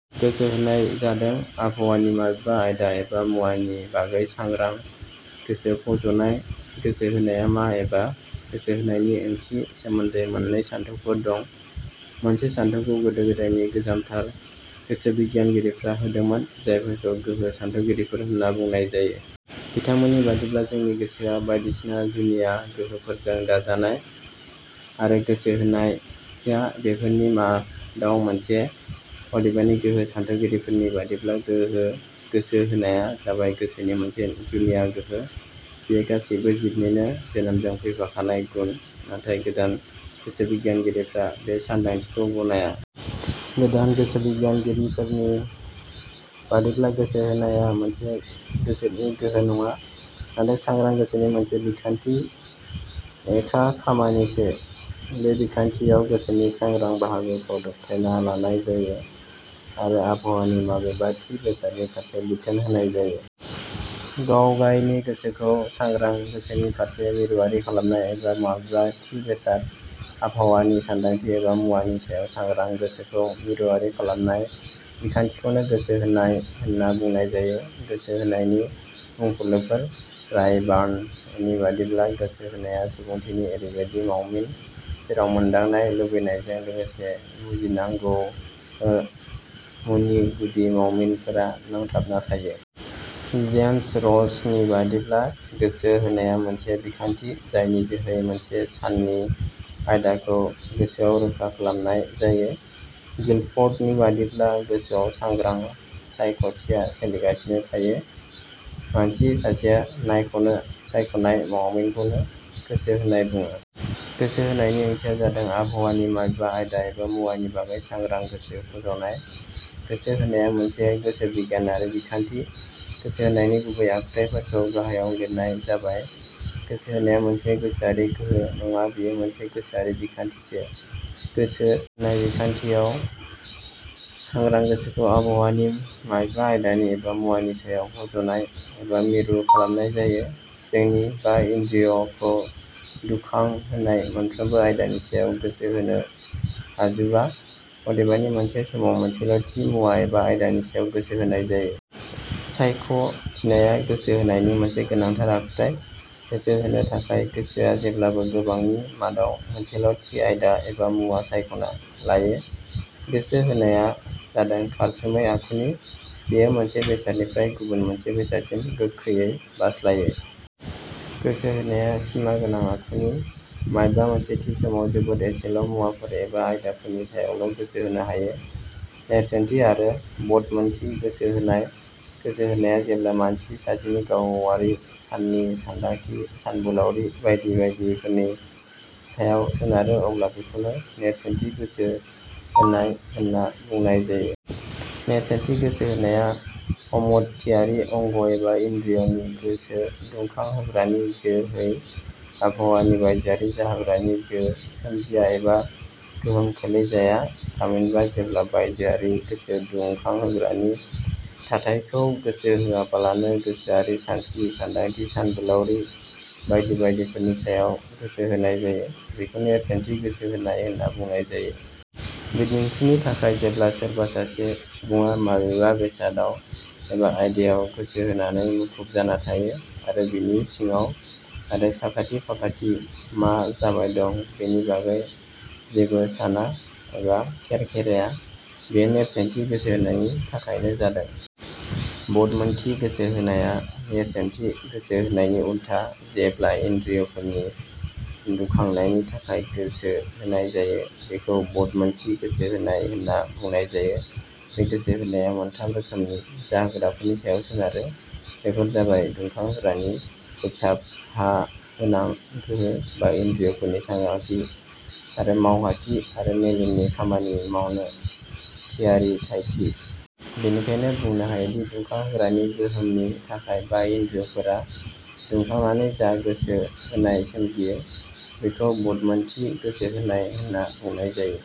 : गोसो होनाया जादों आबहावानि माबेबा आयदा एबा मुवानि बागै सांग्रां गोसो फज 'नाय। गोसो होनाया मा एबा गोसो होनायनि ओंथि सोमोन्दै मोननै सान्थौफोर दं। मोनसे सान्थौखौ गोदो-गोदायनि गोजामथार गोसोबिगियानगिरिफोरा होदोंमोन जायफोरखौ गोहो सान्थौगिरिफोर होनना बुंनाय जायो। बिथांमोननि बादिब्ला जोंनि गोसोआ बायदिसिना जुनिया गोहोफोरजों दाजानाय आरो गोसो होनाया बेफोरनि मादाव मोनसे। अदेबानि गोहो सान्थौगिरिफोरनि बादिब्ला गोसो होनाया जाबाय 'गोसोनि मोनसे जुनिया गोहो'। बेयो गासैबो जिबनिनो जोनोमजों फैफाखानाय गुन। नाथाय, गोदान गोसोबिगियानगिरिफोरा बे सान्दांथिखौ गनाया। गोदान गोसोबिगियानगिरिफोरनि बादिब्ला गोसो होनाया मोनसे गोसोनि गोहो नङा, नाथाय सांग्रां गोसोनि मोनसे बिखान्थि एखा खामानिसो। बे बिखान्थियाव गोसोनि सांग्रां बाहागोखौ दबथायना लानाय जायो आरो आबहावानि माबेबा थि बेसादनि फारसे बिथोन होनाय जायो। गावगायनि गोसोखौ सांग्रां गोसोनि फारसे मिरुवारि खालामनाय एबा माबेबा थि बेसाद, आबहावानि सान्दांथि एबा मुवानि सायाव सांग्रां गोसोखौ मिरुवारि खालामनाय बिखान्थिखौनो गोसो होनाय होनना बुंनाय जायो। गोसो होनायनि बुंफुरलुफोरः रायबार्ण नि बादिब्ला, "गोसो होनाया सुबुंथिनि एरैबादि मावमिन जेराव मोनदांनाय, लुबैनायजों लोगोसे बुजिनांगौहो मुनि गुदि मावमिनफोरा नांथाबना थायो। " जेमस रस नि बादिब्ला, "गोसो होनाया मोनसे बिखान्थि जायनि जोहै मोनसे साननि आयदाखौ गोसोआव रोखा खालामनाय जायो। " गिलफर्ड नि बादिब्ला, "गोसोआव सांग्रा सायख'थिया सोलिगासेनो थायो। मानसि सासेया नायख 'नो सायख 'नाय मावमिनखौनो गोसो होनाय बुङो। ": गोसो होनायनि ओंथिया जादों, आबहावानि माबेबा आयदा एबा मुवानि बागै सांग्रां गोसो फज 'नाय। गोसो होनाया मोनसे गोसो-बिगियानारि बिखान्थि। गोसो होनायनि गुबै आखुथाइफोरखौ गाहायाव लिरनाय जाबायः. गोसो होनाया मोनसे गोसोआरि गोहो नङा, बेयो मोनसे गोसोआरि बिखान्थिसो।.गोसो होनाय बिखान्थियाव सांग्रां गोसोखौ आबहावानि माबेबा आयदा एबा मुवानि सायाव फज'नाय एबा मिरु खालामनाय जायो।. जोंनि बा इन्द्रिय 'खौ दुखां होनाय मोनफ्रोमबो आयदानि सायाव गोसो होनो हाजुवा। अदेबानि मोनसे समाव मोनसेल' थि मुवा एबा आयदानि सायाव गोसो होनाय जायो।. सायख'थिनाया गोसो होनायनि मोनसे गोनांथार आखुथाइ। गोसो होनो थाखाय गोसोआ जेब्लाबो गोबांनि मादाव मोनसेल' थि आयदा एबा मुवा सायख'ना लायो।. गोसो होनाया जादों खारसुमै आखुनि। बेयो मोनसे बेसादनिफ्राय गुबुन मोनसे बेसादसिम गोखैयै बारस्लायो।. गोसो होनाया सिमा गोनां आखुनि। माबेबा मोनसे थि समाव जोबोद एसेल' मुवाफोर एबा आयदाफोरनि सायावल' गोसो होनो हायो।: नेरसोनथि आरो बदमोनथि गोसो होनाय :-गोसो होनाया जेब्ला मानसि सासेनि गावारि साननि, सानदांथि, सानबोलाउरि बायदि बायदिफोरनि सायाव सोनारो अब्ला बेखौनो नोरसोनथि गोसो होनाय होनना बुंनाय जायो। नेरसोनथि गोसो होनाया हमदथियारि अंग एबा इन्द्रिय 'नि गोसो दुखांहोग्रानि जो है आबहावानि बायजोआरि जाहोग्रानि जो सोमजिया एबा गोहोमखोलै जाया। थामहिनबा जेब्ला बायजोआरि गोसो दुखांहोग्रानि थाथाइखौ गोसो होआबालानो, गोसोआरि सानस्रि, सानदांथि, सानबोलाउरि बायदि बायदिफोरनि सायाव गोसो होनाय जायो बेखौ नेरसोनथि गोसो होनाय होनना बुंनाय जायो। बिदिन्थिनि थाखाय, जेब्ला सोरबा सासे सुबुङा माबेबा बेसादाव एबा आयदायाव गोसोहोनानै मुखुब जाना थायो आरो बिनि सिंआव आरो साखाथि- फाखाथि मा जाबाय दं, बेनि बागै जेबो साना एबा खेरखेराया, बेयो नेरसोनथि गोसो होनायनि थाखायनो जादों। बदमोनथि गोसो होनाया नेरसोनथि गोसो होनायनि उल्था। जेब्ला इन्द्रिय 'फोरनि दुखांनायनि थाखाय गोसो होनाय जायो, बेखौ बदमोनथि गोसो होनाय होनना बुंनाय जायो। बे गोसो होनाया मोनथाम रोखोमनि जाहोग्राफोरनि सायाव सोनारो। बेफोर जाबाय दुखांहोग्रानि बोगथाबहानां गोहो, बा इन्द्रिय 'फोरनि सांग्रांथि आरो मावहाथि आरो मेलेमनि खामानि मावनो थियारिथाइथि। बेनिखायनो बुंनो हायोदि दुखांहोग्रानि गोहोमनि थाखाय बा इन्द्रिय 'फोरा दुखांनानै जा गोसो होनाय सोमजियो बेखौ बदमोनथि गोसो होनाय होनना बुंनाय जायो।